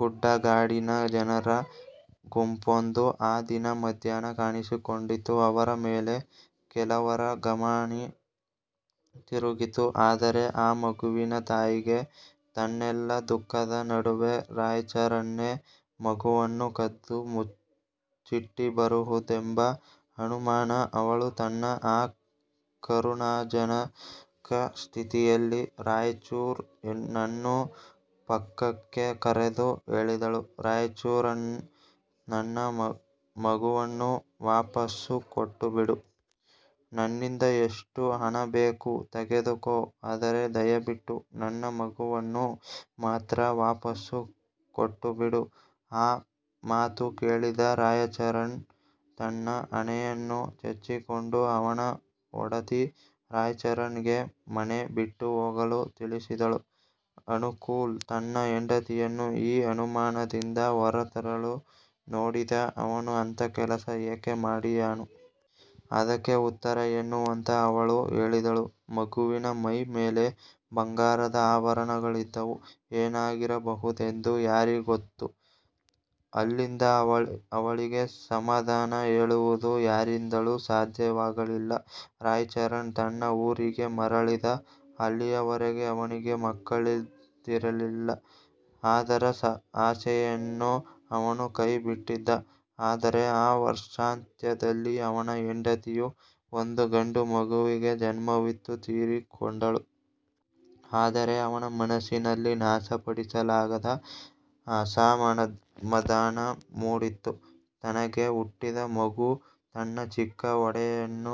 ಗುಡ್ಡ ಗಾಡಿನ ಜನರ ಗುಂಪೊಂದು ಆ ದಿನ ಮಧ್ಯಾಹ್ನ ಕಾಣಿಸಿಕೊಂಡಿತ್ತು. ಅವರ ಮೇಲೆ ಕೆಲವರ ಗುಮಾನಿ ತಿರುಗಿತು. ಆದರೆ ಆ ಮಗುವಿನ ತಾಯಿಗೆ ತನ್ನೆಲ್ಲ ದುಃಖದ ನಡುವೆ, ರಾಯಚರಣ್ನೇ ಮಗುವನ್ನು ಕದ್ದು ಮುಚ್ಚಿಟ್ಟಿರಬಹುದೆಂಬ ಅನುಮಾನ. ಅವಳು ತನ್ನ ಆ ಕರುಣಾಜನಕ ಸ್ಥಿತಿಯಲ್ಲಿ, ರಾಯಚರಣ್ ನನ್ನು ಪಕ್ಕಕ್ಕೆ ಕರೆದು ಹೇಳಿದಳು "ರಾಯಚರಣ್, ನನ್ನ ಮಗುವನ್ನು ವಾಪಸ್ಸು ಕೊಟ್ಟುಬಿಡು. ನನ್ನಿಂದ ಎಷ್ಟು ಹಣ ಬೇಕು ತೆಗೆದುಕೊ. ಆದರೆ ದಯವಿಟ್ಟು ನನ್ನ ಮಗುವನ್ನು ಮಾತ್ರ ವಾಪಸ್ಸು ಕೊಟ್ಟುಬಿಡು" ಆ ಮಾತು ಕೇಳಿದ ರಾಯಚರಣ್ ತನ್ನ ಹಣೆಯನ್ನು ಚಚ್ಚಿಕೊಂಡ. ಅವನ ಒಡತಿ ರಾಯಚರಣ್ ಗೆ ಮನೆ ಬಿಟ್ಟು ಹೋಗಲು ತಿಳಿಸಿದಳು. ಅನುಕೂಲ್ ತನ್ನ ಹೆಂಡತಿಯನ್ನು ಈ ಅನುಮಾನದಿಂದ ಹೊರ ತರಲು ನೋಡಿದ "ಅವನು ಅಂಥ ಕೆಲಸ ಏಕೆ ಮಾಡಿಯಾನು? " ಅದಕ್ಕೆ ಉತ್ತರ ಎನ್ನುವಂತೆ ಅವಳು ಹೇಳಿದಳು "ಮಗುವಿನ ಮೈ ಮೇಲೆ ಬಂಗಾರದ ಆಭರಣಗಳಿದ್ದವು. ಏನಾಗಿರಬಹುದೆಂದು ಯಾರಿಗ್ಗೊತ್ತು? " ಅಲ್ಲಿಂದ ಅವಳಿಗೆ ಸಮಾಧಾನ ಹೇಳುವುದು ಯಾರಿಂದಲೂ ಸಾಧ್ಯವಾಗಲಿಲ್ಲ. ರಾಯಚರಣ್ ತನ್ನ ಊರಿಗೆ ಮರಳಿದ. ಅಲ್ಲಿಯವರೆಗೆ ಅವನಿಗೆ ಮಕ್ಕಳಿದ್ದಿಲ್ಲ ಅದರ ಆಸೆಯನ್ನೂ ಅವನು ಕೈ ಬಿಟ್ಟಿದ್ದ. ಆದರೆ ಆ ವರ್ಷಾಂತ್ಯದಲ್ಲಿ, ಅವನ ಹೆಂಡತಿಯು ಒಂದು ಗಂಡು ಮಗುವಿಗೆ ಜನ್ಮವಿತ್ತು ತೀರಿಕೊಂಡಳು. ಆದರೆ ಅವನ ಮನಸ್ಸಿನಲ್ಲಿ ನಾಶ ಪಡಿಸಲಾಗದ ಅಸಮಧಾನ ಮೂಡಿತ್ತು. ತನಗೆ ಹುಟ್ಟಿದ ಮಗು, ತನ್ನ ಚಿಕ್ಕ ಒಡೆಯನ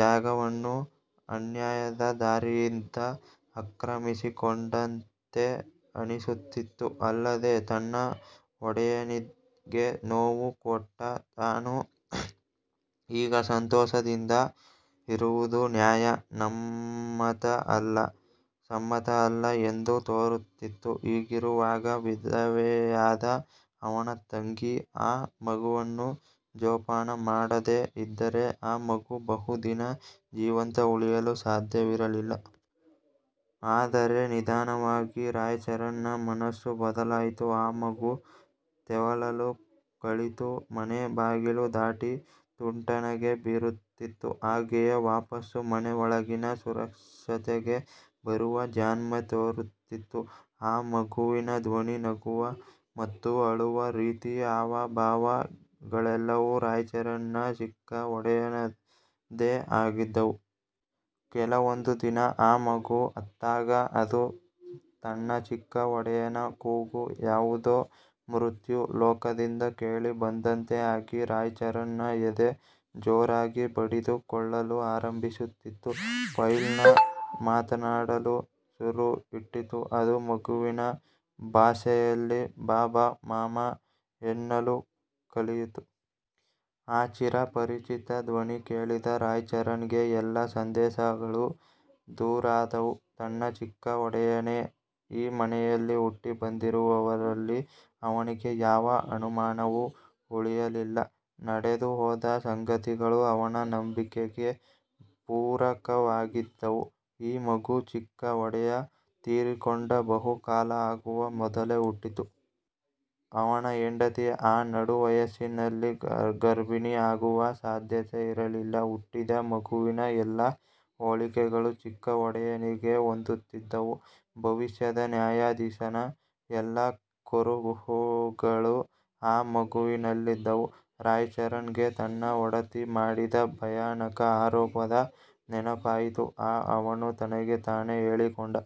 ಜಾಗವನ್ನು ಅನ್ಯಾಯದ ದಾರಿಯಿಂದ ಆಕ್ರಮಿಸಿಕೊಂಡಂತೆ ಅನಿಸುತ್ತಿತ್ತು. ಅಲ್ಲದೇ ತನ್ನ ಒಡೆಯನಿಗೆ ನೋವು ಕೊಟ್ಟ ತಾನು ಈಗ ಸಂತೋಷದಿಂದ ಇರುವುದು ನ್ಯಾಯ ಸಮ್ಮತ ಅಲ್ಲ ಎಂದು ತೋರುತ್ತಿತ್ತು. ಹೀಗಿರುವಾಗ, ವಿಧವೆಯಾದ ಅವನ ತಂಗಿ ಆ ಮಗುವನ್ನು ಜೋಪಾನ ಮಾಡದೇಇದ್ದರೆ, ಆ ಮಗು ಬಹು ದಿನ ಜೀವಂತ ಉಳಿಯಲು ಸಾಧ್ಯವಿರಲಿಲ್ಲ. ಆದರೆ ನಿಧಾನವಾಗಿ ರಾಯಚರಣ್ ನ ಮನಸ್ಸು ಬದಲಾಯಿತು. ಆ ಮಗು ತೆವಳಲು ಕಲಿತು, ಮನೆ ಬಾಗಿಲು ದಾಟಿ ತುಂಟ ನಗೆ ಬೀರುತ್ತಿತ್ತು. ಹಾಗೆಯೇ ವಾಪಸ್ಸು ಮನೆ ಒಳಗಿನ ಸುರಕ್ಷತೆಗೆ ಬರುವ ಜಾಣ್ಮೆತೋರುತ್ತಿತ್ತು. ಆ ಮಗುವಿನ ಧ್ವನಿ, ನಗುವ ಮತ್ತು ಅಳುವ ರೀತಿ, ಹಾವ, ಭಾವ ಗಳೆಲ್ಲವೂ ರಾಯಚರಣ್ ನ ಚಿಕ್ಕ ಒಡೆಯನದೇ ಆಗಿದ್ದವು. ಕೆಲವೊಂದು ದಿನ ಅ ಮಗು ಅತ್ತಾಗ, ಅದು ತನ್ನ ಚಿಕ್ಕ ಒಡೆಯನ ಕೂಗು ಯಾವುದೊ ಮೃತ್ಯು-ಲೋಕದಿಂದ ಕೇಳಿ ಬಂದಂತೆ ಆಗಿ, ರಾಯಚರಣ್ ನ ಎದೆ ಜೋರಾಗಿ ಬಡಿದು ಕೊಳ್ಳಲು ಆರಂಭಿಸುತ್ತಿತ್ತು. ಫೈಲ್ನ ಮಾತನಾಡಲು ಶುರು ಇಟ್ಟಿತು. ಅದು ಮಗುವಿನ ಭಾಷೆಯಲ್ಲಿ "ಬಾಬಾ", "ಮಾಮಾ" ಎನ್ನಲು ಕಲಿಯಿತು. ಆ ಚಿರ ಪರಿಚಿತ ಧ್ವನಿ ಕೇಳಿದ ರಾಯಚರಣ್ ಗೆ ಎಲ್ಲ ಸಂದೇಹಗಳು ದೂರಾದವು. ತನ್ನ ಚಿಕ್ಕ ಒಡೆಯನೇ ಈ ಮನೆಯಲ್ಲಿ ಹುಟ್ಟಿ ಬಂದಿರುವದರಲ್ಲಿ ಅವನಿಗೆ ಯಾವ ಅನುಮಾನವೂ ಉಳಿಯಲಿಲ್ಲ. ನಡೆದು ಹೋದ ಸಂಗತಿಗಳು ಅವನ ನಂಬಿಕೆಗೆ ಪೂರಕವಾಗಿದ್ದವು. ಈ ಮಗು ಚಿಕ್ಕ ಒಡೆಯ ತೀರಿಕೊಂಡ ಬಹು ಕಾಲ ಆಗುವ ಮೊದಲೇ ಹುಟ್ಟಿತ್ತು. ಅವನ ಹೆಂಡತಿ ಆ ನಡು ವಯಸ್ಸಿನಲ್ಲಿ ಗರ್ಭಿಣಿ ಆಗುವ ಸಾಧ್ಯತೆ ಇರಲಿಲ್ಲ. ಹುಟ್ಟಿದ ಮಗುವಿನ ಎಲ್ಲ ಹೋಲಿಕೆಗಳು ಚಿಕ್ಕ ಒಡೆಯನಿಗೆ ಹೊಂದುತ್ತಿದ್ದವು. ಭವಿಷ್ಯದ ನ್ಯಾಯಾಧೀಶನ ಎಲ್ಲ ಕುರುಹುಗಳು ಆ ಮಗುವಿನಲ್ಲಿದ್ದವು. ರಾಯಚರಣ್ ಗೆ ತನ್ನ ಒಡತಿ ಮಾಡಿದ ಭಯಾನಕ ಆರೋಪದ ನೆನಪಾಯಿತು. "ಆ" ಅವನು ತನಗೆ ತಾನೇ ಹೇಳಿಕೊಂಡ.